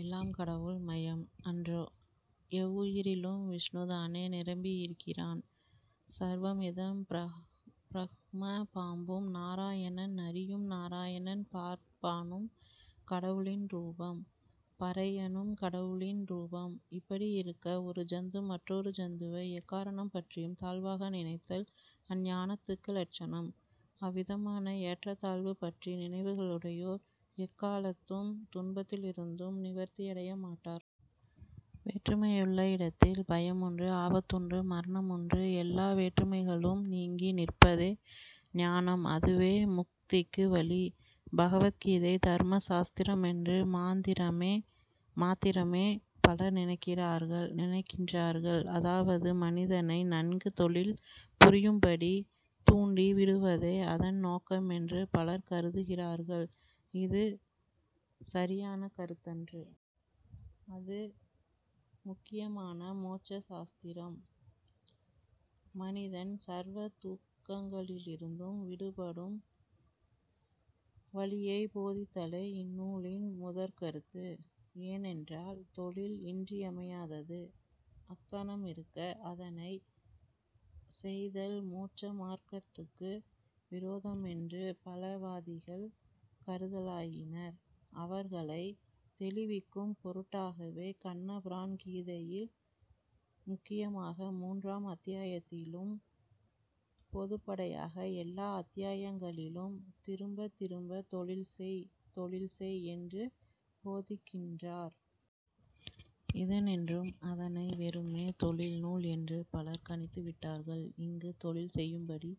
எல்லாம் கடவுள் மயம் அன்றோ? எவ்வுயிரிலும் விஷ்ணுதானே நிரம்பியிருக்கிறான்? ஸர்வமிதம் ப்ரஹ்ம, பாம்பும் நாராயணன், நரியும் நாராயணன். பார்ப்பானும் கடவுளின் ரூபம், பறையனும் கடவுளின் ரூபம், இப்படியிருக்க ஒரு ஜந்து மற்றொரு ஜந்துவை எக்காரணம் பற்றியும் தாழ்வாக நினைத்தல் அஞ்ஞானத்துக்கு லட்சணம். அவ்விதமான ஏற்றத் தாழ்வு பற்றிய நினைவுகளுடையோர் எக்காலத்தும் துன்பங்களிலிருந்து நிவர்த்தியடைய மாட்டார். வேற்றுமையுள்ள இடத்தில் பயமுண்டு, ஆபத்துண்டு, மரணமுண்டு. எல்லா வேற்றுமைகளும் நீங்கி நிற்பதே ஞானம். அதுவே முக்திக்கு வழி. பகவத் கீதை தர்ம சாஸ்திரமென்று மாத்திரமே பலர் நினைக்கின்றார்கள். அதாவது, மனிதனை நன்கு தொழில் புரியும்படி தூண்டி விடுவதே அதன் நோக்கமென்று பலர் கருதுகிறார்கள். இது சரியான கருத்தன்று. அது முக்கியமான மோட்ச சாஸ்திரம். மனிதன் சர்வ துக்கங்களிலிருந்தும் விடுபடும் வழியைப் போதித்தலே இந்நூலின் முதற்கருத்து. ஏனென்றால், தொழில் இன்றியமையாதது. அங்ஙனமிருக்க, அதனைச் செய்தல் மோட்ச மார்க்கத்துக்கு விரோதமென்று பல வாதிகள் கருதலாயினர். அவர்களைத் தெளிவிக்கும் பொருட்டாகவே, கண்ணபிரான் கீதையில், முக்கியமாக மூன்றாம் அத்தியாயத்திலும், பொதுப்படையாக எல்லா அத்தியாயங்களிலும், திரும்பத் திரும்பத் தொழில் செய் தொழில் செய் என்று போதிக்கின்றார். இதனின்றும், அதனை வெறுமே, தொழில் நூல் என்று பலர் கணித்து விட்டார்கள். இங்குத் தொழில் செய்யும்படி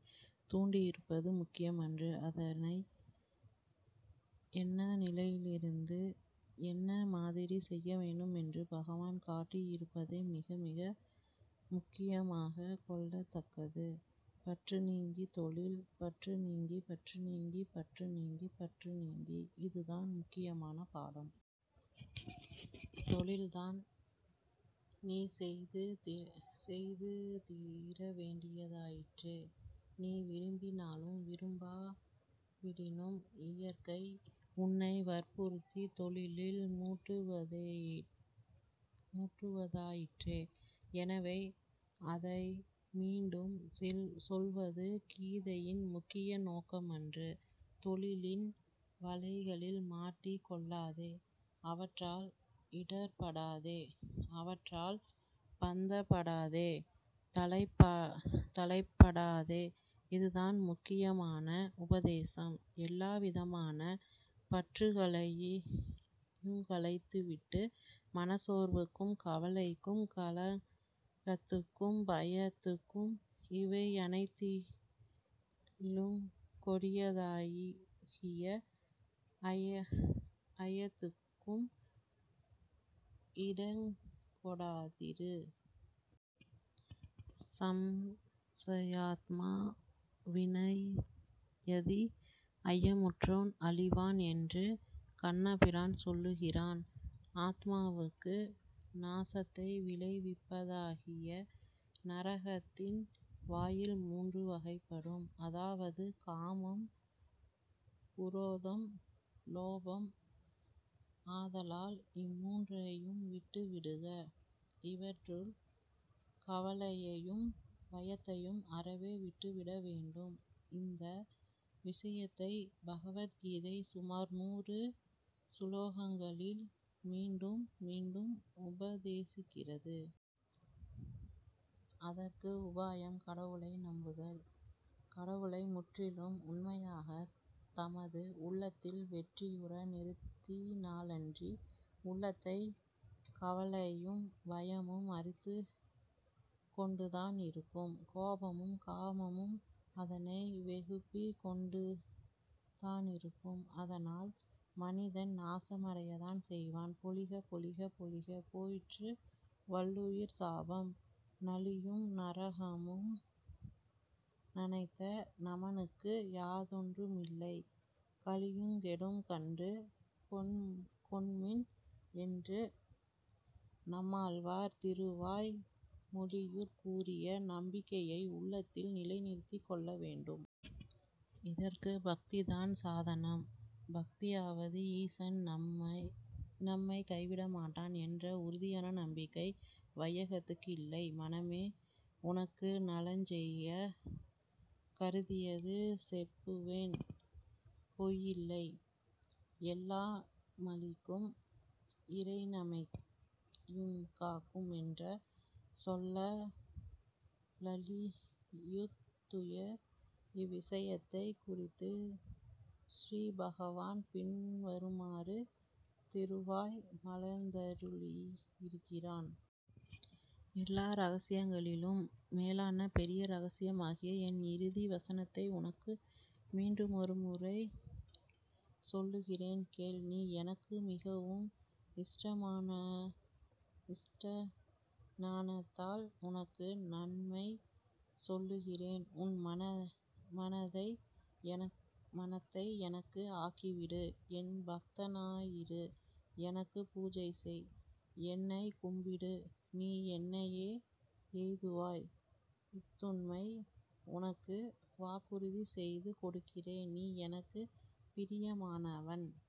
தூண்டியிருப்பது முக்கியமன்று. அதனை என்ன நிலையிலிருந்து, என்ன மாதிரிச் செய்ய வேண்டுமென்று பகவான் காட்டியிருப்பதே மிக மிக முக்கியமாகக் கொள்ளத் தக்கது. பற்று நீக்கித் தொழில், பற்று நீக்கி, பற்று நீக்கி, பற்று நீக்கி, பற்று நீக்கி இது தான் முக்கியமான பாடம். தொழில்தான் நீ செய்து தீரவேண்டியதாயிற்றே? நீ விரும்பினாலும் விரும்பாவிடினும் இயற்கை உன்னை வற்புறுத்தித் தொழிலில் மூட்டுவதாயிற்றே? எனவே அதை மீட்டும் சொல்வது கீதையின் முக்கிய நோக்கமன்று. தொழிலின் வலைகளில் மாட்டிக் கொள்ளாதே. அவற்றால் இடர்ப்படாதே. அவற்றால் பந்தப் படாதே. தளைப்படாதே. இதுதான் முக்கியமான உபதேசம். எல்லாவிதமான பற்றுகளையுங் களைந்துவிட்டு, மனச் சோர்வுக்கும் கவலைக்கும் கலக்கத்துக்கும் பயத்துக்கும் இவையனைத்திலுங் கொடியதாகிய ஐயத்துக்கும் இடங்கொடாதிரு. சம்சயாத்மா விநச்யதி, ஐயமுற்றோன் அழிவான் என்று கண்ணபிரான் சொல்லுகின்றான். ஆத்மாவுக்கு நாசத்தை விளைவிப்பதாகிய நரகத்தின் வாயில் மூன்று வகைப்படும். அதாவது காமம், குரோதம், லோபம். ஆதலால் இம்மூன்றையும் விட்டு விடுக. இவற்றுள் கவலையையும் பயத்தையும் அறவே விட்டுவிடவேண்டும். இந்த விஷயத்தை பகவத் கீதை சுமார் நூறு சுலோகங்களில் மீட்டும் மீட்டும் உபதேசிக்கிறது. அதற்கு உபாயம் கடவுளை நம்புதல். கடவுளை முற்றிலும் உண்மையாகத் தமது உள்ளத்தில் வெற்றியுற நிறுத்தினாலன்றி, உள்ளத்தைக் கவலையும் பயமும் அரித்துக்கொண்டுதான் இருக்கும். கோபமும் காமமும் அதனை வெதுப்பிக் கொண்டுதானிருக்கும். அதனால் மனிதன் நாசமடையத்தான் செய்வான். பொலிக, பொலிக, பொலிக, போயிற்று வல்லுயிர்ச் சாபம், நலியும் நரகமும் நைந்த நமனுக்கு யாதொன்றுமில்லை; கலியுங்கெடும், கண்டு கொண்மின் என்று நம்மாழ்வார் திருவாய் மொழியிற் கூறிய நம்பிக்கையை உள்ளத்தில் நிலை நிறுத்திக் கொள்ள வேண்டும். இதற்குப் பக்திதான் சாதனம். பக்தியாவது, ஈசன் நம்மைக் கைவிட மாட்டான் என்ற உறுதியான நம்பிக்கை. வையகத்துக் கில்லை மனமே, உனக்கு நலஞ் செய்யக் கருதியது செப்புவேன் பொய்யில்லை, எல்லா மளிக்கும் இறைநமையுங் காக்குமென்ற சொல்லா லழியுந் துயர். இவ்விஷயத்தைக் குறித்து ஸ்ரீ பகவான் பின்வருமாறு திருவாய் மலர்ந்தருளி யிருக்கிறான். எல்லா ரகசியங்களிலும் மேலான பெரிய ரகசியமாகிய என் இறுதி வசனத்தை உனக்கு மீட்டுமொருமுறை சொல்லுகிறேன், கேள். நீ எனக்கு மிகவும் இஷ்டனானதால், உனக்கு நன்மை சொல்லுகிறேன். உன் மனத்தை எனக்கு ஆக்கிவிடு. என் பக்தனாயிரு. எனக்குப் பூஜை செய். என்னைக் கும்பிடு. நீ என்னையே எய்துவாய். இஃதுண்மை. உனக்குப் வாக்குறுதி செய்து கொடுக்கிறேன். நீ எனக்குப் பிரியமானவன்.